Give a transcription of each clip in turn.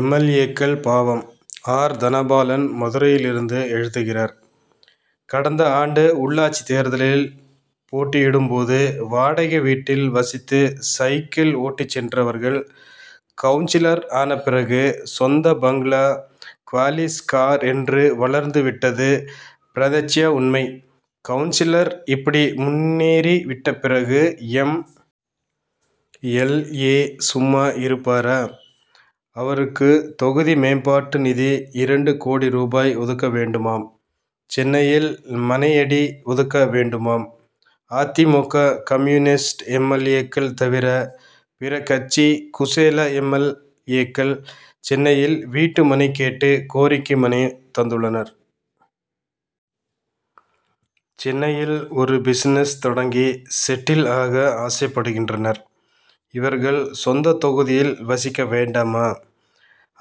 M. L. ஏ.க்கள் பாவம்! ஆர். தனபாலன் மதுரையிலிருந்து எழுதுகிறார் கடந்த ஆண்டு உள்ளாட்சி தேர்தலில் போட்டியிடும் போது வாடகை வீட்டில் வசித்து சைக்கிள் ஓட்டிச் சென்றவர்கள் கவுன்சிலர் ஆனபிறகு சொந்த பங்களா குவாலிஸ் கார் என்று வளர்ந்து விட்டது பிரதச்ய உண்மை. கவுன்சிலர் இப்படி முன்னேறி விட்ட பிறகு எம். எல். ஏ. சும்மா இருப்பாரா? அவருக்கு தொகுதி மேம்பாட்டு நிதி இரண்டு கோடி ரூபாய் ஒதுக்க வேண்டுமாம் சென்னையில் மனையடி ஒதுக்க வேண்டுமாம். அ. தி. மு. க. Communist M. எல். ஏ.க்கள் தவிர பிற கட்சி குசேல எம். எல். ஏ.க்கள் சென்னையில் வீட்டு மனை கேட்டு கோரிக்கை மனு தந்துள்ளனர். சென்னையில் ஒரு பிசினஸ் தொடங்கி செட்டில் ஆக ஆசைப்படுகின்றனர். இவர்கள் சொந்த தொகுதியில் வசிக்க வேண்டாமா?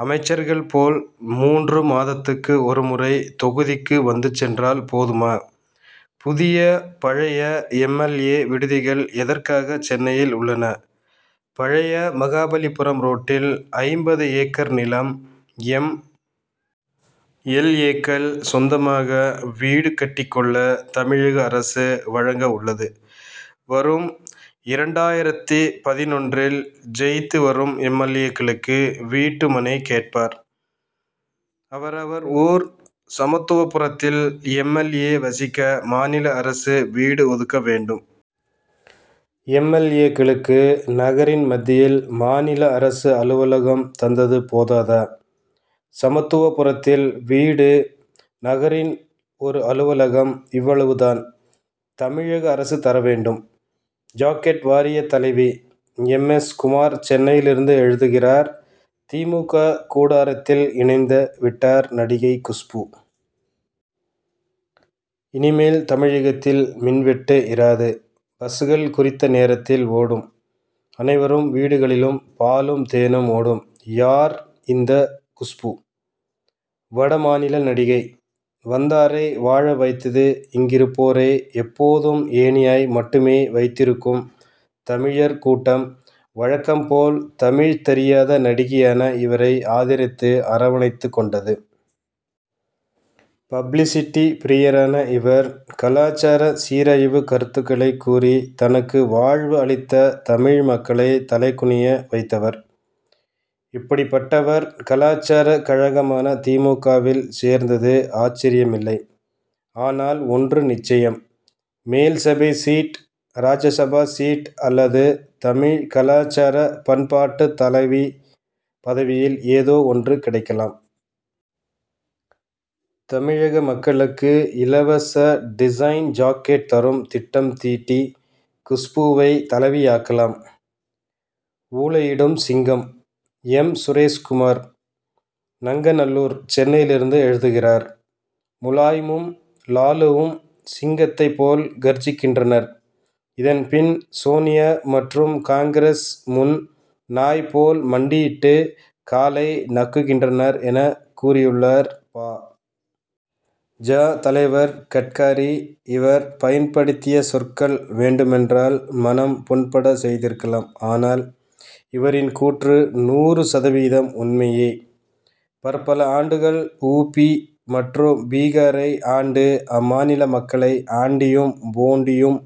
அமைச்சர்கள் போல் மூன்று மாதத்துக்கு ஒருமுறை தொகுதிக்கு வந்து சென்றால் போதுமா? புதிய பழைய எம். எல். ஏ. விடுதிகள் எதற்காக சென்னையில் உள்ளன? பழைய மகாபலிபுரம் ரோட்டில் ஐம்பது ஏக்கர் நிலம் எம். எல். ஏ.க்கள் சொந்தமாக வீடு கட்டிக் கொள்ள தமிழக அரசு வழங்க உள்ளது. வரும் இரண்டாயிரத்து பதினொன்றில் ஜெயித்து வரும் எம். எல். ஏ.க்களும் வீட்டு மனை கேட்பர். அவரவர் ஊர் சமத்துவபுரத்தில் எம். எல். ஏ. வசிக்க மாநில அரசு வீடு ஒதுக்க வேண்டும். எம். எல். ஏ.க்களுக்கு நகரின் மத்தியில் மாநில அரசு அலுவலகம் தந்தது போதாதா? சமத்துவபுரத்தில் வீடு நகரில் ஒரு அலுவலகம். இவ்வளவு தான். தமிழக அரசு தர வேண்டும். ஜாக்கெட் வாரிய தலைவி! எம். எஸ். குமார் சென்னையிலிருந்து எழுதுகிறார் தி. மு. க. கூடாரத்தில் இணைந்த விட்டார் நடிகை குஷ்பு. இனிமேல் தமிழகத்தில் மின்வெட்டு இராது பஸ்கள் குறித்த நேரத்தில் ஓடும் அனைவர் வீடுகளிலும் பாலும் தேனும் ஓடும். யார் இந்த குஷ்பு? வட மாநில நடிகை. வந்தாரை வாழவைத்து இங்கிருப்போரை எப்போதும் ஏணியாய் மட்டுமே வைத்திருக்கும் தமிழர் கூட்டம் வழக்கம்போல் தமிழ் தெரியாத நடிகையான இவரை ஆதரித்து அரவணைத்துக் கொண்டது. பப்ளிசிட்டி பிரியரான இவர் கலாசார சீரழிவு கருத்துக்களைக் கூறி தனக்கு வாழ்வு அளித்த தமிழ்மக்களை தலைகுனிய வைத்தவர். இப்படிப்பட்டவர் கலாசாரக் கழகமான தி. மு. க.வில் சேர்ந்தது ஆச்சரியமில்லை! ஆனால் ஒன்று நிச்சயம் மேல்சபை சீட் ராஜ்யசபா சீட் அல்லது தமிழ் கலாசார பண்பாட்டு தலைவி பதவியில் ஏதோ ஒன்று கடைக்கலாம்! தமிழக மக்களுக்கு இலவச டிசைன் ஜாக்கெட் தரும் திட்டம் தீட்டி குஷ்புவை தலைவியாக்கலாம். ஊளையிடும் சிங்கம்! எம். சுரேஷ் குமார் நங்கநல்லூர் சென்னையிலிருந்து எழுதுகிறார் முலாயமும் லாலுவும் சிங்கத்தை போல் கர்ஜிக்கின்றனர். இதன்பின் சோனியா மற்றும் காங்கிரஸ் முன் நாய் போல் மண்டியிட்டு காலை நக்குகின்றனர் என கூறியுள்ளார் பா. ஜ. தலைவர் கட்காரி. இவர் பயன்படுத்திய சொற்கள் வேண்டுமென்றால் மனம் புண்பட செய்திருக்கலாம். ஆனால் இவரின் கூற்று நூறு சதவீதம் உண்மையே! பற்பல ஆண்டுகள் உ. பி. மற்றும் பீகாரை ஆண்டு அம்மாநில மக்களை ஆண்டியும் போண்டியும்